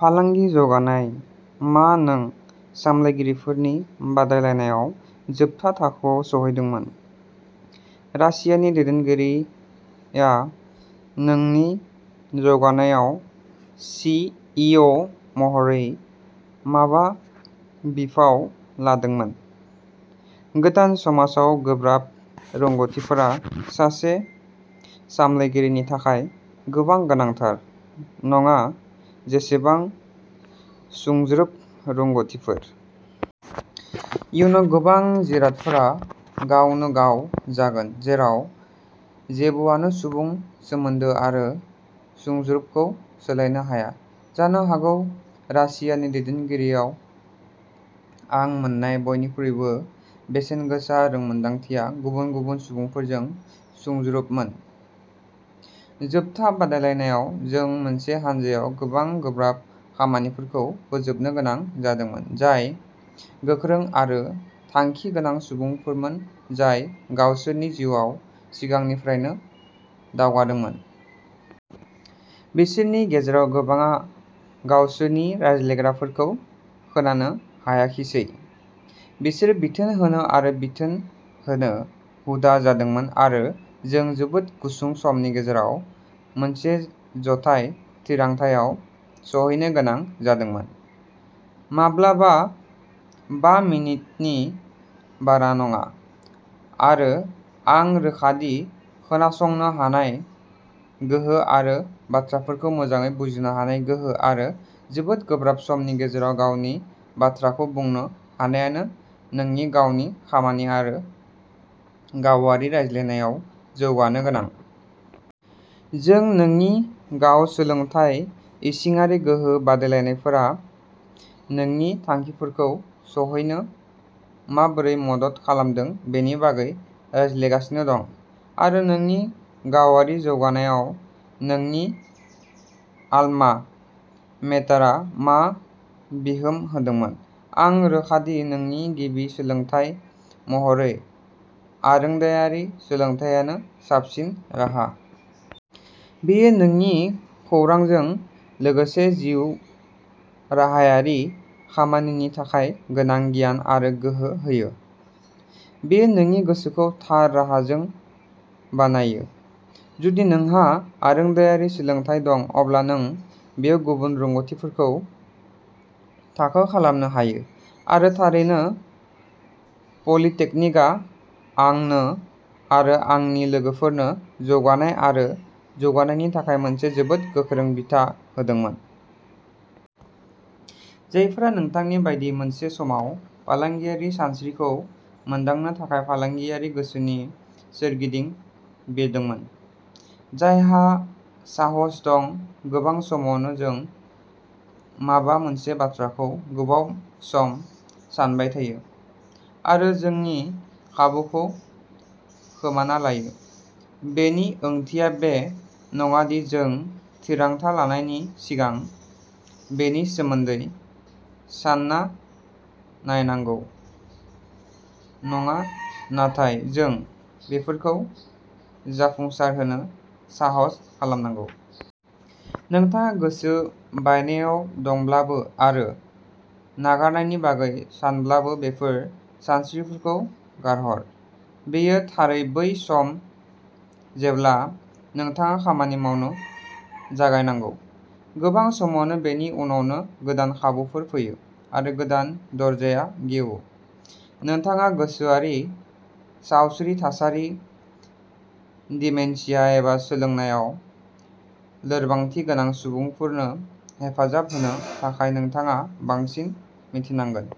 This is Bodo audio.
फालांगि जौगानाय। मा नों सामलायगिरिफोरनि बादायलायनायाव जोबथा थाखोआव सौहैदोंमोन रासियानि दैदेनगिरि आ नोंनि जौगानायाव सि. इ. अ. महरै माबा बिफाव लादोंमोन? गोदान समाजआव गोब्राब रोंग'थिफोरा सासे सामलायगिरिनि थाखाय एसेबां गोनांथार नङा जेसेबां सुंज्रोब रोंग'थिफोर। इयुनाव गोबां जिरादफोरा गावनो गाव जागोन जेराव जेबोआनो सुबुं सोमोन्दो आरो सुंज्रोबखौ सोलायनो हाया। जानो हागौ रासियानि दैदेनगिरि आव आं मोननाय बयनिख्रुइबो बेसेनगोसा रोंमोनदांथिया गुबुन गुबुन सुबुंफोरजों सुंज्रोबमोन। जोबथा बादायलायनायाव जों मोनसे हानजायाव गोबां गोब्राब खामानिफोरखौ फोजोबनो गोनां जादोंमोन जाय गोख्रों आरो थांखि गोनां सुबुंफोरमोन जाय गावसोरनि जिउआव सिगांनिफ्रायनो दावगादोंमोन। बिसोरनि गेजेराव गोबांआ गावसोरनि रायज्लायग्राफोरखौ खोनानो हायाखिसै। बिसोरो बिथोन होनो आरो बिथोन होनो हुदा जादोंमोन आरो जों जोबोद गुसुं समनि गेजेराव मोनसे जथाय थिरांथायाव सौहैनो गोनां जादोंमोन। माब्लाबा बा मिनिटनि बारा नङा। आरो आं रोखा दि खोनासंनो हानाय गोहो आरो बाथ्राफोरखौ मोजाङै बुजिनो हानाय गोहो आरो जोबोद गोब्राब समनि गेजेराव गावनि बाथ्राखौ बुंनो हानायानो नोंनि गावनि खामानि आरो गावारि रायज्लायनायाव जौगानो गोनां। जों नोंनि गाव सोलोंथाय इसिङारि गोहो बादायलायनायफोरा नोंनि थांखिफोरखौ सौहैनो माबोरै मदद खालामदों बेनि बागै रायज्लायगासिनो दं। आरो नोंनि गावारि जौगानायाव नोंनि आल्मा मेटारआ मा बिहोमा होदोंमोन? आं रोखा दि नोंनि गिबि सोलोंथाय महरै आरोंदायारि सोलोंथायानो साबसिन राहा। बेयो नोंनो खौरांजों लोगोसे जिउराहायारि खामानिनि थाखाय गोनां गियान आरो गोहो होयो; बेयो नोंनि गोसोखौ थार राहाजों बानायो। जुदि नोंहा आरोंदायारि सोलोंथाय दं अब्ला नों बेयाव गुबुन रोंग'थिफोरखौ थाखो खालामनो हायो। आरो थारैनो पलिटेकनिकआ आंनो आरो आंनि लोगोफोरनो जौगानाय आरो जौगानायनि थाखाय मोनसे जोबोद गोख्रों बिथा होदोंमोन। जायफोरा नोंथांनि बायदि मोनसे समाव फालांगियारि सानस्रिखौ मोनदांनो थाखाय फालांगियारि गोसोनि सोरगिदिं बिरदोंमोन? जायहा साहस दं गोबां समावनो जों माबा मोनसे बाथ्राखौ गोबाव सम सानबाय थायो आरो जोंनि खाबुखौ खोमाना लायो। बेनि ओंथिया बे नङा दि जों थिरांथा लानायनि सिगां बेनि सोमोन्दै सानना नायनांगौ नङा नाथाय जों बेफोरखौ जाफुंसारहोनो साहस खालामनांगौ। नोंथाङा गोसो बायनायाव दंब्लाबो आरो नागारनायनि बागै सानब्लाबो बेफोर सानस्रिफोरखौ गारहर। बेयो थारै बै सम जेब्ला नोंथाङा खामानि मावनो जागायनांगौ। गोबां समावनो बेनि उनावनो गोदान खाबुफोर फैयो आरो गोदान दरजाया गेवो। नोंथाङा गोसोआरि सावस्रि थासारि दिमेनशिया एबा सोलोंनायाव लोरबांथि गोनां सुबुंफोरनो हेफाजाब होनो थाखाय नोंथाङा बांसिन मिन्थिनांगोन।